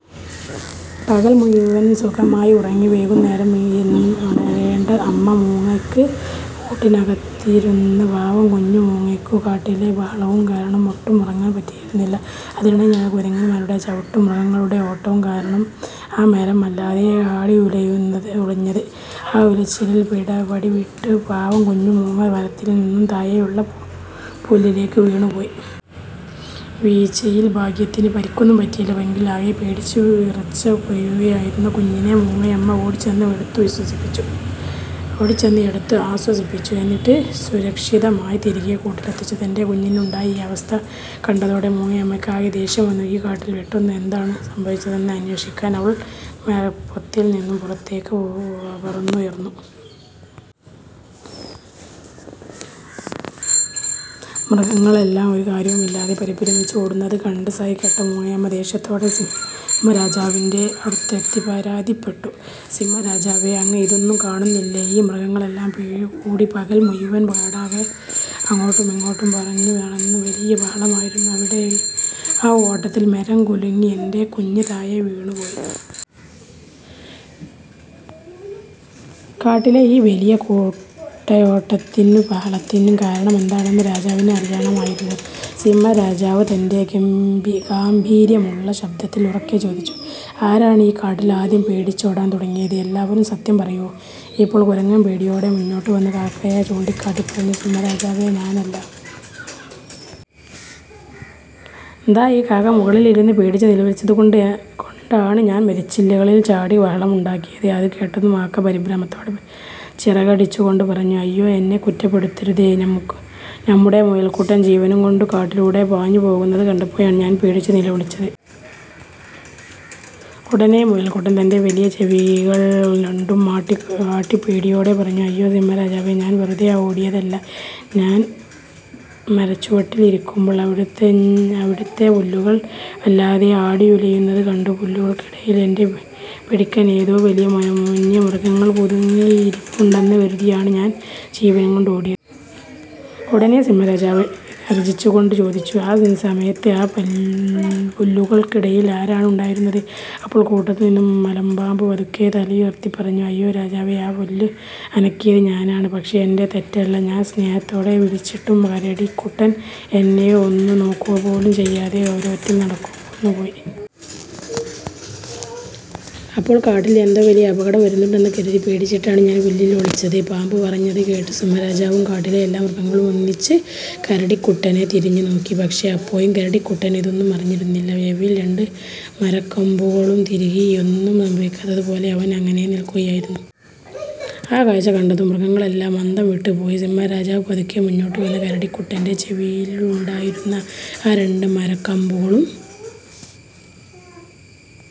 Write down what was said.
പകൽ മുഴുവൻ സുഖമായി ഉറങ്ങി വൈകുന്നേരം ഉണരേണ്ട അമ്മ മൂങ്ങയ്ക്കും കൂട്ടിനകത്തിരുന്ന പാവം കുഞ്ഞു മൂങ്ങയ്ക്കും, കാട്ടിലെ ബഹളവും കാരണം ഒട്ടും ഉറങ്ങാൻ പറ്റിയിരുന്നില്ല. അതിനിടയിലാണ് കുരങ്ങന്മാരുടെ ചാട്ടവും മൃഗങ്ങളുടെ ഓട്ടവും കാരണം ആ മരം വല്ലാതെ ആടിയുലഞ്ഞത്. ആ ഉലച്ചിലിൽ പിടിവിട്ട് പാവം കുഞ്ഞു മൂങ്ങ മരപ്പൊത്തിൽ നിന്നും താഴെയുള്ള പുല്ലിലേക്ക് വീണുപോയി! വീഴ്ചയിൽ ഭാഗ്യത്തിന് പരിക്കൊന്നും പറ്റിയില്ല. എങ്കിലും ആകെ പേടിച്ചുവിറച്ച് കരയുകയായിരുന്ന കുഞ്ഞിനെ മൂങ്ങയമ്മ ഓടിച്ചെന്ന് എടുത്ത് ആശ്വസിപ്പിച്ചു; എന്നിട്ട് സുരക്ഷിതമായി തിരികെ കൂട്ടിലെത്തിച്ചു. തൻ്റെ കുഞ്ഞിന് ഉണ്ടായ ഈ അവസ്ഥ കണ്ടതോടെ മൂങ്ങയമ്മയ്ക്ക് ആകെ ദേഷ്യം വന്നു. ഈ കാട്ടിൽ പെട്ടെന്ന് എന്താണ് സംഭവിച്ചതെന്ന് അന്വേഷിക്കാൻ അവൾ മരപ്പൊത്തിൽ നിന്നും പുറത്തേക്ക് പറന്നുയർന്നു. മൃഗങ്ങളെല്ലാം ഒരു കാര്യവുമില്ലാതെ പരിഭ്രമിച്ചോടുന്നത് കണ്ട് സഹികെട്ട മൂങ്ങയമ്മ ദേഷ്യത്തോടെ സിംഹരാജാവിന്റെ അടുത്തെത്തി പരാതിപ്പെട്ടു: "സിംഹരാജാവേ, അങ്ങ് ഇതൊന്നും കാണുന്നില്ലേ? ഈ മൃഗങ്ങളെല്ലാം കൂടി പകൽ മുഴുവൻ കാടാകെ അങ്ങോട്ടുമിങ്ങോട്ടും പാഞ്ഞുനടന്ന് വലിയ ബഹളമായിരുന്നു. അവരുടെ ആ ഓട്ടത്തിൽ മരം കുലുങ്ങി എന്റെ കുഞ്ഞ് താഴെ വീണുപോയി! കാട്ടിലെ ഈ വലിയ കൂട്ടയോട്ടത്തിനും ബഹളത്തിനും കാരണമെന്താണെന്ന് രാജാവിന് അറിയണമായിരുന്നു. സിംഹരാജാവ് തന്റെ ഗാംഭീര്യമുള്ള ശബ്ദത്തിൽ ഉറക്കെ ചോദിച്ചു: "ആരാണ് ഈ കാട്ടിൽ ആദ്യം പേടിച്ചോടാൻ തുടങ്ങിയത്? എല്ലാവരും സത്യം പറയൂ. " അപ്പോൾ കുരങ്ങൻ പേടിയോടെ മുന്നോട്ട് വന്ന് കാക്കയെ ചൂണ്ടിക്കാട്ടി പറഞ്ഞു: "സിംഹരാജാവേ, ഞാനല്ല! ദാ ഈ കാക്ക മുകളിൽ ഇരുന്ന് പേടിച്ച് നിലവിളിച്ചതു കൊണ്ടാണ് ഞാൻ മരച്ചില്ലകളിൽ ചാടി ബഹളമുണ്ടാക്കിയത്! " അത് കേട്ടതും കാക്ക പരിഭ്രമത്തോടെ ചിറകടിച്ചുകൊണ്ട് പറഞ്ഞു: "അയ്യോ, എന്നെ കുറ്റപ്പെടുത്തരുതേ! നമ്മുടെ മുയൽക്കുട്ടൻ ജീവനും കൊണ്ട് കാട്ടിലൂടെ പാഞ്ഞു പോകുന്നത് കണ്ടപ്പോഴാണ് ഞാൻ പേടിച്ചു നിലവിളിച്ചത്! " ഉടനെ മുയൽക്കുട്ടൻ തന്റെ വലിയ ചെവികൾ രണ്ടും ആട്ടി പേടിയോടെ പറഞ്ഞു: "അയ്യോ സിംഹരാജാവേ, ഞാൻ വെറുതെ ഓടിയതല്ല! ഞാൻ മരച്ചുവട്ടിൽ ഇരിക്കുമ്പോൾ അവിടുത്തെ പുല്ലുകൾ വല്ലാതെ ആടിയുലയുന്നത് കണ്ടു. പുല്ലുകൾക്കിടയിൽ എന്നെ പിടിക്കാൻ ഏതോ വലിയ വന്യമൃഗം പതുങ്ങിയിരിപ്പുണ്ടെന്ന് കരുതിയാണ് ഞാൻ ജീവനും കൊണ്ട് ഓടിയത്! " ഉടനെ സിംഹരാജാവ് ഗർജിച്ചുകൊണ്ട് ചോദിച്ചു: "ആ സമയത്ത് ആ പുല്ലുകൾക്കിടയിൽ ആരാണ് ഉണ്ടായിരുന്നത്? " അപ്പോൾ കൂട്ടത്തിൽ നിന്നും മലമ്പാമ്പ് പതുക്കെ തലയുയർത്തി പറഞ്ഞു: "അയ്യോ രാജാവേ, ആ പുല്ല് അനക്കിയത് ഞാനാണ്! പക്ഷേ എന്റെ തെറ്റല്ല. ഞാൻ സ്നേഹത്തോടെ വിളിച്ചിട്ടും കരടിക്കുട്ടൻ എന്നെ ഒന്നു നോക്കുകപോലും ചെയ്യാതെ ഗൗരവത്തിൽ നടന്നുപോയി! അപ്പോൾ കാട്ടിൽ എന്തോ വലിയ അപകടം വരുന്നുണ്ടെന്ന് കരുതി പേടിച്ചിട്ടാണ് ഞാൻ പുല്ലിൽ ഒളിച്ചത്! " പാമ്പ് പറഞ്ഞത് കേട്ട് സിംഹരാജാവും കാട്ടിലെ എല്ലാ മൃഗങ്ങളും ഒന്നിച്ച് കരടിക്കുട്ടനെ തിരിഞ്ഞു നോക്കി! പക്ഷേ, അപ്പോഴും കരടിക്കുട്ടൻ ഇതൊന്നും അറിഞ്ഞിരുന്നില്ല! ചെവിയിൽ രണ്ട് മരക്കമ്പുകളും തിരുകി, ഒന്നും സംഭവിക്കാത്തതുപോലെ അവൻ അങ്ങനെ നിൽക്കുകയായിരുന്നു! ആ കാഴ്ച കണ്ടതും മൃഗങ്ങളെല്ലാം അന്തംവിട്ടു പോയി! സിംഹരാജാവ് പതുക്കെ മുന്നോട്ട് വന്ന് കരടിക്കുട്ടന്റെ ചെവിയിലുണ്ടായിരുന്ന ആ രണ്ട് മരക്കമ്പുകളും